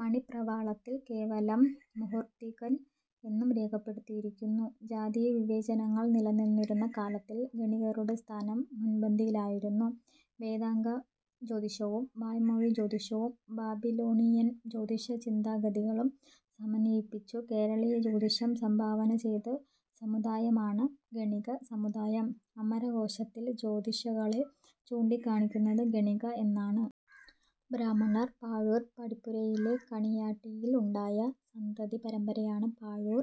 മണിപ്രവാളത്തിൽ കേവലം "മുഹിർത്തികൻ" എന്നും രേഖപ്പെടുത്തിയിരിക്കുന്നു. ജാതീയ വിവേചനങ്ങൾ നിലനിന്നിരുന്ന കാലത്തിൽ ഗണകരുടെ സ്ഥാനം മുൻപന്തിയിൽ ആയിരുന്നു. വേദാംഗ ജ്യോതിഷവും, വായ്മൊഴി ജ്യോതിഷവും, ബാബിലോണിയൻ ജ്യോതിഷ ചിന്താഗതികളും സമന്വയിപ്പിച്ചു കേരളീയ ജ്യോതിഷം സംഭാവന ചെയ്ത സമുദായമാണ് ഗണക സമുദായം. അമരകോശത്തിൽ ജ്യോതിഷികളെ ചൂണ്ടികാണിക്കുന്നത് ഗണകഃ എന്നാണ്. ബ്രാഹ്മണർ പാഴൂർ പടിപ്പുരയിലെ കണിയാട്ടിയിൽ ഉണ്ടായ സന്തതി പരമ്പരയാണ് പാഴൂർ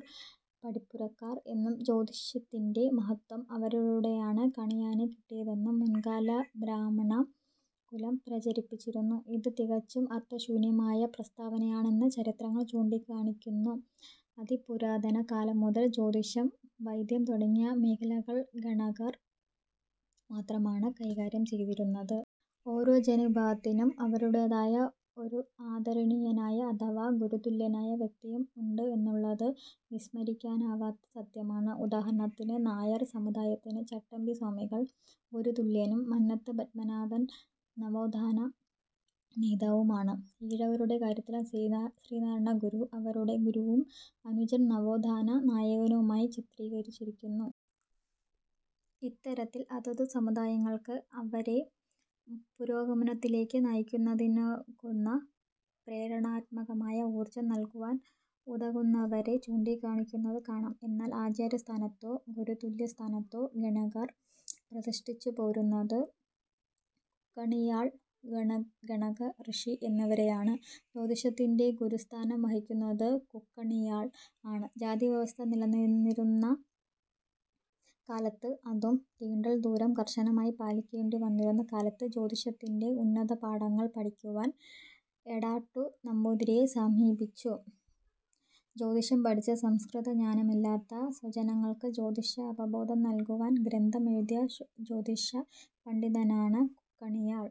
പടിപ്പുരക്കാർ എന്നും ജ്യോതഷിത്തിന്റെ മഹത്ത്വം അവരിലൂടെയാണ് കണിയാന് കിട്ടിയതെന്നും മുൻകാല ബ്രാഹ്മണകുലം പ്രചരിപ്പിച്ചിരുന്നു. ഇത് തികച്ചും അർത്ഥശൂന്യമായ പ്രസ്താവനയാണ് എന്ന് ചരിത്രങ്ങൾ ചൂണ്ടികാണിയ്ക്കുന്നു. അതിപുരാതന കാലം മുതൽ, ജ്യോതിഷം, വൈദ്യം തുടങ്ങിയ മേഖലകൾ ഗണകർ മാത്രമാണ് കൈകാര്യം ചെയ്തിരുന്നത്. ഓരോ ജനവിഭാഗത്തിനും അവരുടേതായ ഒരു ആദരണീയനായ അഥവാ ഗുരുതുല്യനായ വ്യക്തിയും ഉണ്ട് എന്നുള്ളത് വിസ്മരിയ്ക്കാനാവാത്ത സത്യമാണ്. ഉദാഹരണത്തിന് നായർ സമുദായത്തിന് ചട്ടമ്പി സ്വാമികൾ ഗുരുതുല്യനും മന്നത്ത് പത്മനാഭൻ നവോത്ഥാന നേതാവും ആണ്. ഈഴവരുടെ കാര്യത്തിൽ ശ്രീനാരായണ ഗുരു അവരുടെ ഗുരുവും അനുജൻ നവോത്ഥാന നായകനുമായി ചിത്രീകരിച്ചിരിക്കുന്നു. ഇത്തരത്തിൽ അതതു സമുദായങ്ങൾക്ക് അവരെ പുരോഗമനത്തിലേക്ക് നയിക്കുന്നതിനുകതുന്ന പ്രേരണാത്മകമായ ഊർജ്ജം നല്കുവാൻ ഉതകുന്നവരെ ചൂണ്ടികാണിക്കുന്നതു കാണാം. എന്നാൽ ആചാര്യ സ്ഥാനത്തോ ഗുരുതുല്യ സ്ഥാനത്തോ ഗണകർ പ്രതിഷ്ഠിച്ചുപോരുന്നത് കുക്കണിയാൾ, ഗണക ഋഷി എന്നിവരെയാണ്. ജ്യോതിഷത്തിന്റെ ഗുരുസ്ഥാനം വഹിക്കുന്നത് "കുക്കണിയാൾ" ആണ്. ജാതിവ്യവസ്ഥ നിലനിന്നിരുന്ന കാലത്ത്, അതും തീണ്ടൽ ദൂരം കർശനമായി പാലിക്കേണ്ടിവന്നിരുന്ന കാലഘട്ടത്ത് ജ്യോതിഷത്തിന്റെ ഉന്നത പാഠങ്ങൾ പഠിക്കുവാൻ എടാട്ടു നമ്പൂതിരിയെ സമീപിച്ച്, ജ്യോതിഷം പഠിച്ച്, സംസ്കൃത ജ്ഞാനമില്ലാത്ത സ്വജനങ്ങൾക്ക് ജ്യോതിഷ അവബോധം നല്കുവാൻ ഗ്രന്ഥം എഴുതിയ ജ്യോതഷ പണ്ഡിതനാണ് കുക്കണിയാൾ.